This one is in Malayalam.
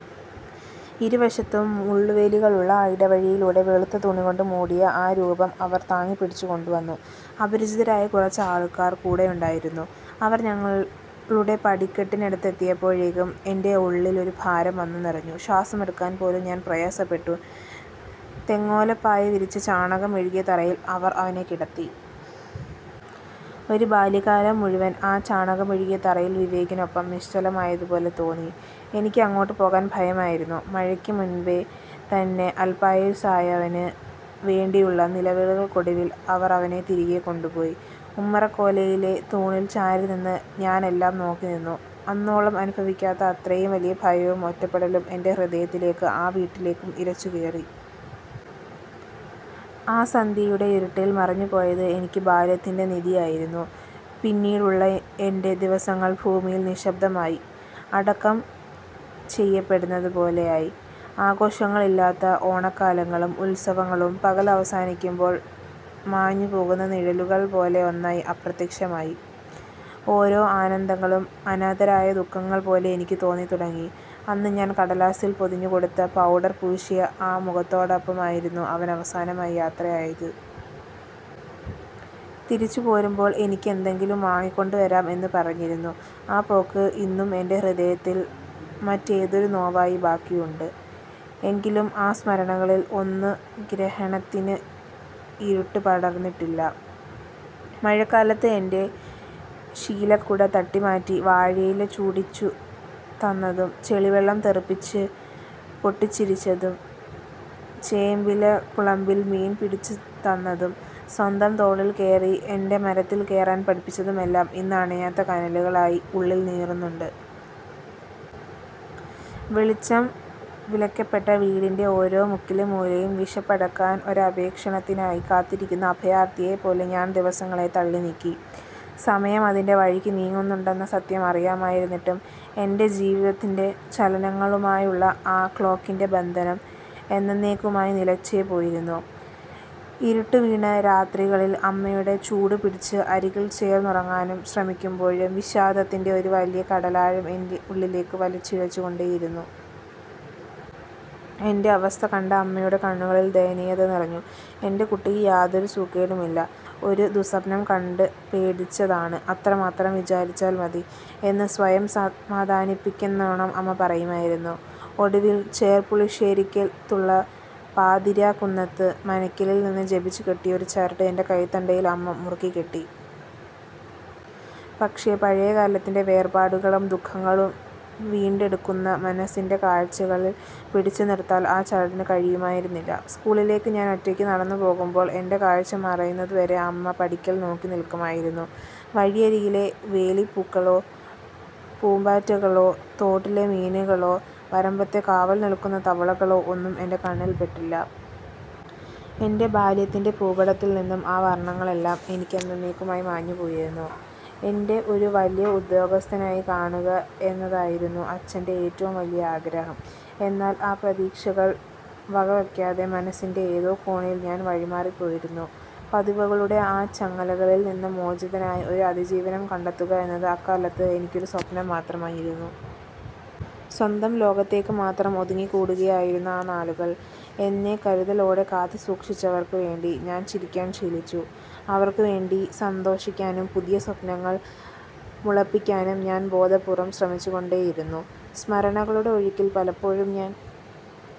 ഇരുവശത്തും മുള്ളുവേലികളുള്ള ആ ഇടവഴിയിലൂടെ, വെളുത്ത തുണികൊണ്ട് മൂടിയ ആ രൂപം അവർ താങ്ങിപ്പിടിച്ചു കൊണ്ടുവന്നു. അപരിചിതരായ കുറച്ച് ആളുകൾ കൂടെയുണ്ടായിരുന്നു. അവർ ഞങ്ങളുടെ പടിക്കെട്ടിനടുത്തെത്തിയപ്പോഴേക്കും എന്റെ ഉള്ളിലൊരു ഭാരം വന്നു നിറഞ്ഞു. ശ്വാസമെടുക്കാൻ പോലും ഞാൻ പ്രയാസപ്പെട്ടു. തെങ്ങോലപ്പായ വിരിച്ച്, ചാണകം മെഴുകിയ തറയിൽ അവർ അവനെ കിടത്തി. ഒരു ബാല്യകാലം മുഴുവൻ ആ ചാണകം മെഴുകിയ തറയിൽ വിവേകിനോടൊപ്പം നിശ്ചലമായിപ്പോയതുപോലെ തോന്നി. എനിക്ക് അങ്ങോട്ട് പോകാൻ ഭയമായിരുന്നു. മഴയ്ക്ക് മുമ്പ് തന്നെ അൽപായുസ്സായവന് വേണ്ടിയുള്ള നിലവിളികൾക്കൊടുവിൽ അവർ അവനെ തിരികെ കൊണ്ടുപോയി. ഉമ്മറക്കോലായിലെ തൂണിൽ ചാരിനിന്ന് ഞാനെല്ലാം നോക്കി നിന്നു. അന്നോളം അനുഭവിക്കാത്ത അത്രയും വലിയ ഭയവും ഒറ്റപ്പെടലും എന്റെ ഹൃദയത്തിലേക്കും ആ വീട്ടിലേക്കും ഇരച്ചുകയറി. ആ സന്ധ്യയുടെ ഇരുട്ടിൽ മറഞ്ഞുപോയത് എന്റെ ബാല്യത്തിന്റെ നിധിയായിരുന്നു. പിന്നീടുള്ള എന്റെ ദിവസങ്ങൾ ഭൂമിയിൽ നിശ്ശബ്ദമായി അടക്കം ചെയ്യപ്പെട്ടതുപോലെയായി. ആഘോഷങ്ങളില്ലാത്ത ഓണക്കാലങ്ങളും ഉത്സവങ്ങളും പകൽ അവസാനിക്കുമ്പോൾ മാഞ്ഞുപോകുന്ന നിഴലുകൾ പോലെ ഒന്നൊന്നായി അപ്രത്യക്ഷമായി. ഓരോ ആനന്ദങ്ങളും അനാഥരായ ദുഃഖങ്ങൾ പോലെ എനിക്ക് തോന്നിത്തുടങ്ങി. അന്ന് ഞാൻ കടലാസിൽ പൊതിഞ്ഞു കൊടുത്ത പൗഡർ പൂശിയ ആ മുഖത്തോടെയായിരുന്നു അവൻ അവസാനമായി യാത്രയായത്. തിരിച്ച് പോരുമ്പോൾ എനിക്ക് എന്തെങ്കിലും വാങ്ങി കൊണ്ടുവരാം എന്നും പറഞ്ഞിരുന്നു. ആ പോക്ക് ഇന്നും എന്റെ ഹൃദയത്തിൽ മാറാത്തൊരു നോവായി ബാക്കിയുണ്ട്. എങ്കിലും ആ സ്മരണകളിൽ ഒന്നും ഗ്രഹണത്തിന്റെ ഇരുട്ട് പടർന്നിട്ടില്ല. മഴക്കാലത്ത് എന്റെ ശീലക്കുട തട്ടിമാറ്റി വാഴയില ചൂടിച്ചു തന്നതും, ചെളിവെള്ളം തെറിപ്പിച്ച് പൊട്ടിച്ചിരിച്ചതും, ചേമ്പില കുമ്പിളിൽ മീൻ പിടിച്ചു തന്നതും, സ്വന്തം തോളിൽ കയറ്റി എന്നെ മരത്തിൽ കയറാൻ പഠിപ്പിച്ചതുമെല്ലാം ഇന്നും അണയാത്ത കനലുകളായി ഉള്ളിൽ നീറുന്നുണ്ട്. വെളിച്ചം വിലക്കപ്പെട്ട വീടിന്റെ ഓരോ മുക്കിലും മൂലയിലും, വിശപ്പടക്കാൻ ഒരപേക്ഷണത്തിനായി കാത്തിരിക്കുന്ന അഭയാർത്ഥിയെപ്പോലെ ഞാൻ ദിവസങ്ങളെ തള്ളിനീക്കി. സമയം അതിന്റെ വഴിക്ക് നീങ്ങുന്നുണ്ടെന്ന സത്യം അറിയാമായിരുന്നിട്ടും, എന്റെ ജീവിതത്തിന്റെ ചലനങ്ങളുമായുള്ള ആ ക്ലോക്കിന്റെ ബന്ധം എന്നെന്നേക്കുമായി നിലച്ചുപോയിരുന്നു. ഇരുട്ടു വീണ രാത്രികളിൽ അമ്മയുടെ ചൂടുപിടിച്ച അരികിൽ ചേർന്നുറങ്ങാൻ ശ്രമിക്കുമ്പോഴും, വിഷാദത്തിന്റെ ഒരു വലിയ കടലാഴം എന്നെ ഉള്ളിലേക്ക് വലിച്ചിഴച്ചുകൊണ്ടിരുന്നു. എന്റെ അവസ്ഥ കണ്ട് അമ്മയുടെ കണ്ണുകളിൽ ദയനീയമായി നിറഞ്ഞു. "എന്റെ കുട്ടിക്ക് യാതൊരു സൂക്കേടുമില്ല... ഒരു ദുഃസ്വപ്നം കണ്ട് പേടിച്ചതാണ്, അത്രമാത്രം വിചാരിച്ചാൽ മതി," എന്ന് സ്വയം സമാധാനിപ്പിക്കാനെന്നോണം അമ്മ പറയുമായിരുന്നു. ഒടുവിൽ ചെർപ്പുളശ്ശേരിക്കടുത്തുള്ള പാതിരിക്കുന്നത്ത് മനയ്ക്കൽ നിന്ന് ജപിച്ചുകെട്ടിയ ഒരു ചരട് എന്റെ കൈത്തണ്ടയിൽ അമ്മ മുറുക്കിക്കെട്ടി. പക്ഷേ, പഴയകാലത്തിന്റെ വേർപാടുകളും ദുഃഖങ്ങളും വീണ്ടെടുക്കുന്ന മനസ്സിന്റെ കാഴ്ചകളെ പിടിച്ചുനിർത്താൻ ആ ചരടിന് കഴിയുമായിരുന്നില്ല. സ്കൂളിലേക്ക് ഞാൻ ഒറ്റയ്ക്ക് നടന്നുപോകുമ്പോൾ, എന്റെ കാഴ്ച മറയുന്നത് വരെ അമ്മ പടിക്കൽ നോക്കി നിൽക്കുമായിരുന്നു. വഴിയരികിലെ വേലിപ്പൂക്കളോ, പൂമ്പാറ്റകളോ, തോട്ടിലെ മീനുകളോ, വരമ്പത്ത് കാവൽ നിൽക്കുന്ന തവളകളോ ഒന്നും എന്റെ കണ്ണിൽ പെട്ടില്ല. എന്റെ ബാല്യത്തിന്റെ ഭൂപടത്തിൽ നിന്ന് ആ വർണ്ണങ്ങളെല്ലാം എന്നെന്നേക്കുമായി മാഞ്ഞുപോയിരുന്നു. എന്നെ ഒരു വലിയ ഉദ്യോഗസ്ഥനായി കാണുക എന്നതായിരുന്നു അച്ഛന്റെ ഏറ്റവും വലിയ ആഗ്രഹം. എന്നാൽ ആ പ്രതീക്ഷകളെ വകവെക്കാതെ, മനസ്സിന്റെ ഏതോ കോണിൽ ഞാൻ വഴിമാറിപ്പോയിരുന്നു. പതിവുകളുടെ ആ ചങ്ങലകളിൽ നിന്ന് മോചിതനായി ഒരു അതിജീവനം കണ്ടെത്തുക എന്നത് അക്കാലത്ത് എനിക്കൊരു സ്വപ്നം മാത്രമായിരുന്നു. സ്വന്തം ലോകത്തേക്ക് മാത്രം ഒതുങ്ങിക്കൂടിയിരുന്ന ആ നാളുകളിൽ, എന്നെ കരുതലോടെ കാത്തുസൂക്ഷിച്ചവർക്ക് വേണ്ടി ഞാൻ ചിരിക്കാൻ ശീലിച്ചു. അവർക്ക് വേണ്ടി സന്തോഷിക്കാനും പുതിയ സ്വപ്നങ്ങൾ മുളപ്പിക്കാനും ഞാൻ ബോധപൂർവ്വം ശ്രമിച്ചു കൊണ്ടിരുന്നു. സ്മരണകളുടെ ഒഴുക്കിൽ പലപ്പോഴും ഞാൻ